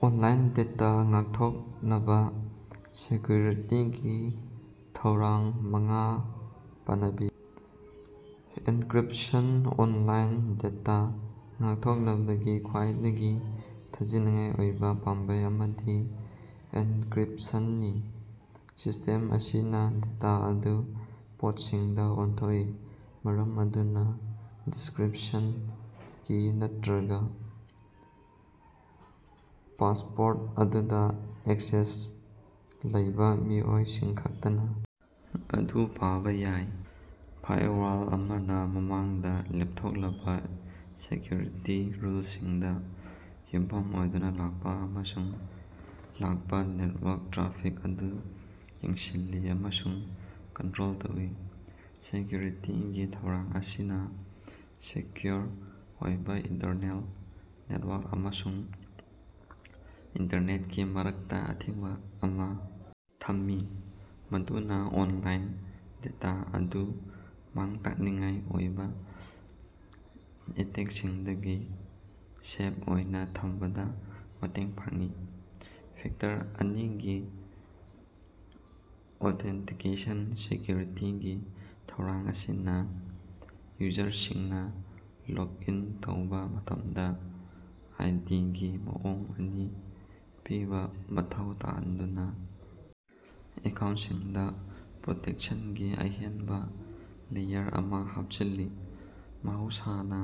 Online data ꯉꯥꯛꯊꯣꯛꯅꯕ ꯁꯦꯀꯌꯨꯔꯤꯇꯤꯒꯤ ꯊꯧꯔꯥꯡ ꯃꯉꯥ ꯄꯟꯕꯤꯌꯨ꯫ ꯑꯦꯟꯀꯔꯤꯞꯁꯟ ꯑꯣꯟꯂꯥꯏꯟ ꯗꯦꯇꯥ ꯉꯥꯛꯊꯣꯛꯅꯕꯒꯤ ꯈ꯭ꯋꯥꯏꯗꯒꯤ ꯊꯥꯖꯅꯤꯡꯉꯥꯏ ꯑꯣꯏꯕ ꯄꯥꯝꯕꯩ ꯑꯃꯗꯤ ꯑꯦꯟꯀꯔꯤꯞꯁꯟꯅꯤ꯫ ꯁꯤꯁꯇꯦꯝ ꯑꯁꯤꯅ ꯗꯦꯇꯥ ꯑꯗꯨ ꯀꯣꯠꯁꯤꯡꯗ ꯑꯣꯟꯊꯣꯛꯏ ꯃꯔꯝ ꯑꯗꯨꯅ ꯗꯤꯁꯀꯔꯤꯞꯁꯟ ꯀꯤ ꯅꯠꯇ꯭ꯔꯒ ꯄꯥꯁꯋꯥꯔꯠ ꯑꯗꯨꯗ ꯑꯦꯛꯁꯦꯁ ꯂꯩꯕ ꯃꯤꯑꯣꯏꯁꯤꯡꯈꯛꯇꯅ ꯃꯗꯨ ꯄꯥꯕ ꯌꯥꯏ꯫ ꯐꯥꯏꯔꯋꯥꯜ ꯑꯃꯅ ꯃꯃꯥꯡꯗ ꯂꯦꯞꯊꯣꯛꯂꯕ ꯁꯦꯀꯌꯨꯔꯤꯇꯤ ꯔꯨꯜꯁꯤꯡꯗ ꯌꯨꯝꯐꯝ ꯑꯣꯏꯗꯨꯅ ꯂꯥꯛꯄ ꯑꯃꯁꯨꯡ ꯂꯥꯛꯄ ꯅꯦꯠꯋꯥꯛ ꯇ꯭ꯔꯥꯐꯤꯛ ꯑꯗꯨ ꯌꯦꯡꯁꯤꯜꯂꯤ ꯑꯃꯁꯨꯡ ꯀꯟꯇꯔꯣꯜ ꯇꯧꯏ꯫ ꯁꯦꯀꯌꯨꯔꯤꯇꯤꯒꯤ ꯊꯧꯔꯥꯡ ꯑꯁꯤꯅ ꯁꯦꯀꯌꯨꯑꯣꯔ ꯑꯣꯏꯕ ꯏꯟꯇꯔꯅꯦꯜ ꯅꯦꯠꯋꯥꯛ ꯑꯃꯁꯨꯡ ꯏꯟꯇꯔꯅꯦꯠꯀꯤ ꯃꯔꯛꯇ ꯑꯊꯤꯡꯕ ꯑꯃ ꯊꯝꯃꯤ ꯃꯗꯨꯅ ꯑꯣꯟꯂꯥꯏꯟ ꯗꯦꯇꯥ ꯑꯗꯨ ꯃꯥꯡ ꯇꯥꯛꯅꯤꯡꯉꯥꯏ ꯑꯣꯏꯕ ꯑꯦꯇꯦꯛꯁꯤꯡꯗꯒꯤ ꯁꯦꯞ ꯑꯣꯏꯅ ꯊꯝꯕꯗ ꯃꯇꯦꯡ ꯄꯥꯡꯏ꯫ ꯐꯦꯛꯇꯔ ꯑꯅꯤꯒꯤ ꯑꯣꯊꯦꯟꯇꯤꯀꯦꯁꯟ ꯁꯦꯀꯌꯨꯔꯤꯇꯤꯒꯤ ꯊꯧꯔꯥꯡ ꯑꯁꯤꯅ ꯌꯨꯖꯔꯁꯤꯡꯅ ꯂꯣꯒ ꯏꯟ ꯇꯧꯕ ꯃꯇꯝꯗ ꯑꯥꯏ ꯗꯤ ꯒꯤ ꯃꯑꯣꯡ ꯑꯅꯤ ꯄꯤꯕ ꯃꯊꯧ ꯇꯥꯍꯟꯗꯨꯅ ꯑꯦꯀꯥꯎꯟꯁꯤꯡꯗ ꯄ꯭ꯔꯣꯇꯦꯛꯁꯟꯒꯤ ꯑꯍꯦꯟꯕ ꯂꯦꯌꯔ ꯑꯃ ꯍꯥꯞꯆꯤꯜꯂꯤ ꯃꯍꯧꯁꯥꯅ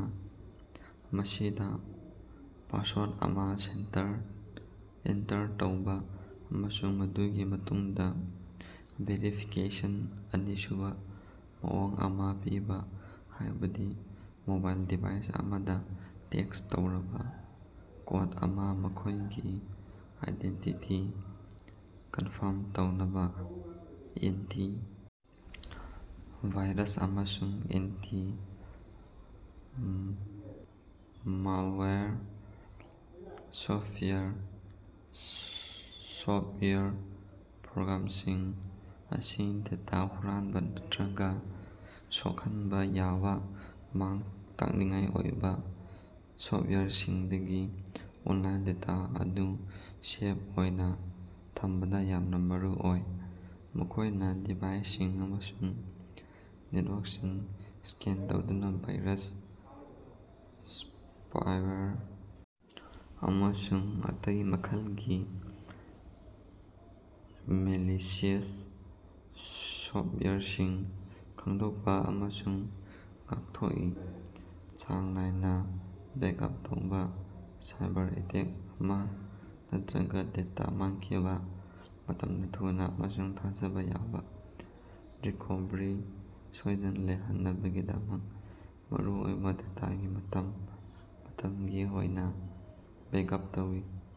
ꯃꯁꯤꯗ ꯄꯥꯁꯋꯥꯔꯠ ꯑꯃ ꯑꯦꯟꯇꯔ ꯇꯧꯕ ꯑꯃꯁꯨꯡ ꯃꯗꯨꯒꯤ ꯃꯇꯨꯡꯗ ꯚꯦꯔꯤꯐꯤꯀꯦꯁꯟꯒꯤ ꯑꯅꯤꯁꯨꯕ ꯃꯑꯣꯡ ꯑꯃ ꯄꯤꯕ ꯍꯥꯏꯕꯗꯤ ꯃꯣꯕꯥꯏꯜ ꯗꯤꯚꯥꯏꯁ ꯑꯃꯗ ꯇꯦꯛꯁ ꯇꯧꯔꯕ ꯀꯣꯠ ꯑꯃ ꯃꯈꯣꯏꯒꯤ ꯑꯥꯏꯗꯦꯟꯇꯤꯇꯤ ꯀꯟꯐꯥꯝ ꯇꯧꯅꯕ꯫ ꯑꯦꯟꯇꯤ ꯚꯥꯏꯔꯁ ꯑꯃꯁꯨꯡ ꯑꯦꯟꯇꯤ ꯃꯥꯜꯋꯥꯌꯔ ꯁꯣꯞꯋꯦꯌꯔ ꯁꯣꯞꯋꯦꯌꯔ ꯄ꯭ꯔꯣꯒꯔꯥꯝꯁꯤꯡ ꯑꯁꯤ ꯗꯦꯇꯥ ꯍꯨꯔꯥꯟꯕ ꯅꯠꯇ꯭ꯔꯒ ꯁꯣꯛꯍꯟꯕ ꯌꯥꯕ ꯃꯥꯡ ꯇꯥꯛꯅꯤꯡꯉꯥꯏ ꯑꯣꯏꯕ ꯁꯣꯞꯋꯦꯌꯔꯁꯤꯡꯗꯒꯤ ꯑꯣꯟꯂꯥꯏꯟ ꯗꯦꯇꯥ ꯑꯗꯨ ꯁꯦꯞ ꯑꯣꯏꯅ ꯊꯝꯕꯗ ꯌꯥꯝꯅ ꯃꯔꯨꯑꯣꯏ꯫ ꯃꯈꯣꯏꯅ ꯗꯤꯚꯥꯏꯁꯁꯤꯡ ꯑꯃꯁꯨꯡ ꯅꯦꯠꯋꯥꯛꯁꯤꯡ ꯁ꯭ꯀꯦꯟ ꯇꯧꯗꯨꯅ ꯚꯥꯏꯔꯁ ꯁꯄꯥꯏꯋꯦꯔ ꯑꯃꯁꯨꯡ ꯑꯇꯩ ꯃꯈꯜꯒꯤ ꯃꯦꯂꯤꯁꯤꯌꯁ ꯁꯣꯞꯋꯦꯌꯔꯁꯤꯡ ꯈꯪꯗꯣꯛꯄ ꯑꯃꯁꯨꯡ ꯉꯥꯡꯊꯣꯛꯏ꯫ ꯆꯥꯡ ꯅꯥꯏꯅ ꯕꯦꯛꯑꯞ ꯇꯧꯕ ꯁꯥꯏꯕꯔ ꯑꯦꯇꯦꯛ ꯑꯃ ꯅꯠꯇ꯭ꯔꯒ ꯗꯦꯇꯥ ꯃꯥꯡꯈꯤꯕ ꯃꯇꯝꯗ ꯊꯨꯅꯥ ꯑꯃꯁꯨꯡ ꯊꯥꯖꯕ ꯌꯥꯕ ꯔꯤꯀꯣꯚꯔꯤ ꯁꯣꯏꯗꯅ ꯂꯩꯍꯟꯅꯕꯒꯤꯗꯃꯛ ꯃꯔꯨꯑꯣꯏꯕ ꯗꯦꯇꯥꯒꯤ ꯃꯇꯝ ꯃꯇꯝꯒꯤ ꯑꯣꯏꯅ ꯕꯦꯛꯑꯞ ꯇꯧꯕ